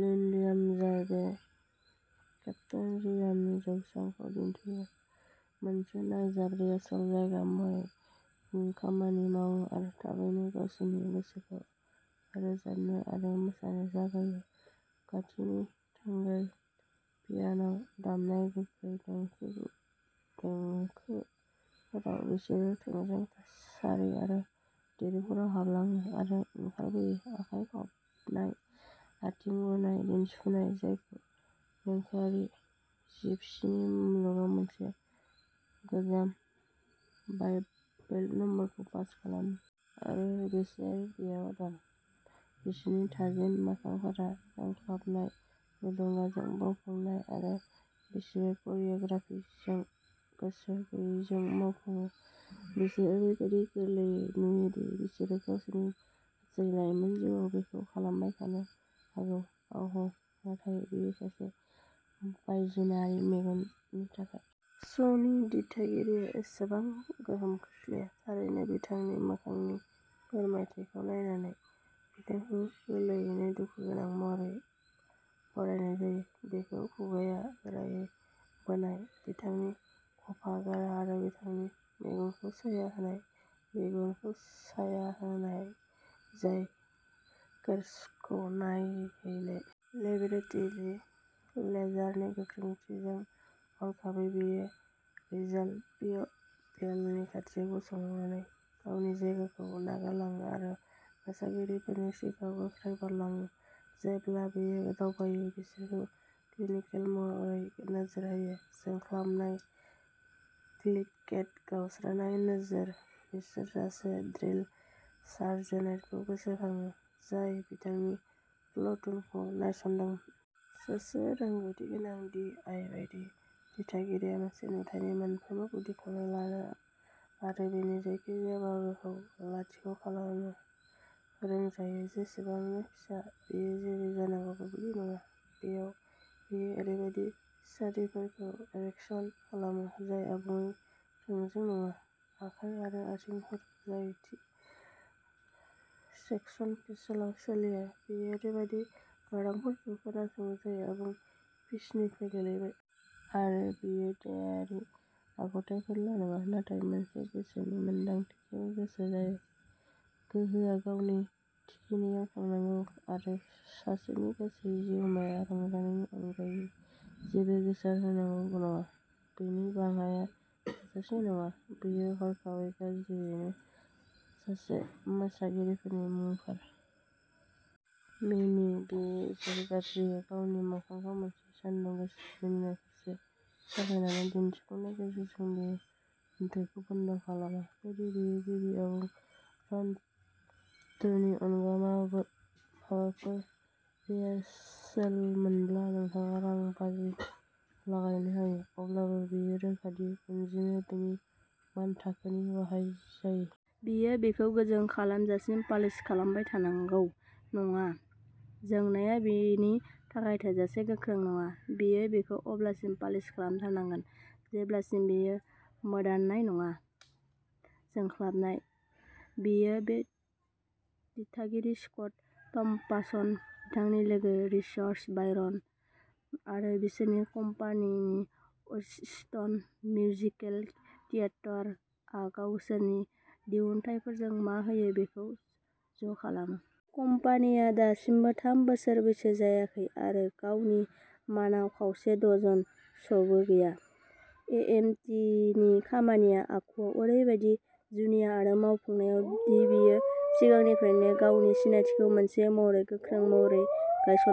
लिन'लियाम जाय बे केफट'रियामनि "जौसां" खौ दिन्थियो, मोनसे नायजाब रिहार्सेल जायगा महरै खामानि मावो आरो थाबैनो गावसोरनि गोसोखौ रोजाबनो आरो मोसानो जागायो। खाथिनि थोंगोर पियान'आव दामनाय गोख्रों देंखोफोराव, बिसोरो थोंजों सारि आरो दिरुंफोराव हाबलाङो आरो ओंखारबोयो, आखाइ खबनाय, आथिं बुनाय, दिन्थिफुङो जायखौ, देंखोआरि जिपसीनि मुलुगाव, मोनसे गोजाम वाडेविल नम्बरखौ पास खालामो। आरो बिसोर बेयाव दं बिसोरनि थाजिम मोखांफोरा जोंख्लाबनाय, थुलुंगाजों बुंफबनाय, आरो बिसोरो करिय'ग्राफिजों गोसो गैयैजों मावफुंयो। बिसोरो ओरैबादि गोरलैयै नुयो दि बिसोरो गावसोरनि गासै लाइमोन जिउआव बेखौ खालामबाय थानो हागौ। आह, नाथाय बेयो सासे बायजोआरिनि मेगननि थाखाय। श'नि दिथागिरिया एसेबां गोहोम खोख्लैया। थारैनो, बिथांनि मोखांनि फोरमायथिखौ नायनानै, बिथांखौ गोरलैयैनो दुखुगोनां महरै बरनायनाय जायो। बिखौ खुगाया गोरायै बोनाय, बिथांनि खभा गोरा, आरो बिथांनि मेगनखौ साया होनाय, मेगनखौ साया होनाय, जाय कोरसखौ नायहैयो। लेब'रेटरी लेजारनि गोख्रोंथिजों। हरखाबै, बियो रिजाल पियन'नि खाथियाव गसंनानै गावनि जायगाखौ नागारलाङो आरो मोसागिरिफोरनि सिगाङाव गोख्रै बारलाङो, जेब्ला बियो दावखोयो, बिसोरखौ क्लिनिकेल महरै नोजोर होयो। जोंख्लाबनाय, क्लिप्ड गेट, गावस्रानाय नोजोर, बिसोर सासे ड्रिल सार्जेन्टखौ गोसोखांओ, जाय बिथांनि प्लतुनखौ नायसंदोंमोन। सासे रोंग'थिगोनां डी. आई. बायदि, दिथागिरिया मोनसे नुथायनि मोनफ्रोमबो गुदिखौ लानो आरो बेनि जायखिजाया बाहागोखौ लाथिख'खालामनो फोरोंजायो, जेसेबांनो फिसा, बेयो जेरै जानांगौ बेबादि नङा। बेयाव, बियो ओरैबायदि सारिफोरखौ एक्सन खालामो जाय आबुङै थोंजों नङा, आखाइ आरो आथिंफोर जाय थि सिक्सन'पेसनआव सोलियो; बियो ओरैबायदि गारांफोरखौ खोनासङो जाय आबुं पिचनिफ्राय गोग्लैबाय। आरो बियो देहायारि आखुथायफोरल'नङा, नाथाय मोनसे गोसोनि मोनदांथिजोंबो गोसो जायो। गोहोआ गावनि थिखिनियाव थांनांगौ आरो सासेनि गासै जिउमाया रंजानायनि अनगायै जेबो गोसारहोनांगौ नङा। बेनि बाङाइआ थोजासे नङा। बियो हरखाबै गाबज्रियो। सासे मोसागिरिफोरनि मुंफोर। "मिनि!" बियो सोर गाबज्रियो, गावनि मोखांखौ मोनसे सानदुं गोसा मिनिनाय फारसे सोलायनानै दिन्थिफुंनाय गेजेरजों। बियो नुथायखौ बन्द'खालामा-- जुदि बेयो गिबि आबुं रन-थ्रुनि अनगा माबाफोर रिहार्सेलमोनब्ला, नोंथाङा रां बाजि लागायनो हायो-- अब्लाबो, बेयो रोखा दि अनजिमाया बिनि मानथाखोनि बाहाय जायो। बियो बेखौ गोजों खालामजासिम पालिश खालामबाय थानांगौ नङा, जोंनाया बिनि थाखाय थोजासे गोख्रों नङा; बियो बेखौ अब्लासिम पालिश खालामथारनांगोन जेब्लासिम बेयो मोदाननाय नङा। जोंख्लाबनाय। बेयो बे दिथागिरि, स्कट थम्पासन, बिथांनि लोगो रिर्चस बायरन, आरो बिसोरनि कम्पानिनि अस्टिन मिउजिकेल थियेटार आ गावसोरनि दिहुनथायफोरजों मा होयो बेखौ ज'खालामो। कम्पानिआ दासिमबो थाम बोसोर बैसो जायाखै आरो गावनि मानआव खावसे-डजन श'बो गैया, एएमटीनि खामानिया आखुआव ओरैबादि जुनिया आरो मावफुंनायाव दि बेयो सिगांनिफ्रायनो गावनि सिनायथिखौ मोनसे महरै गोख्रों महरै गायसनबाय।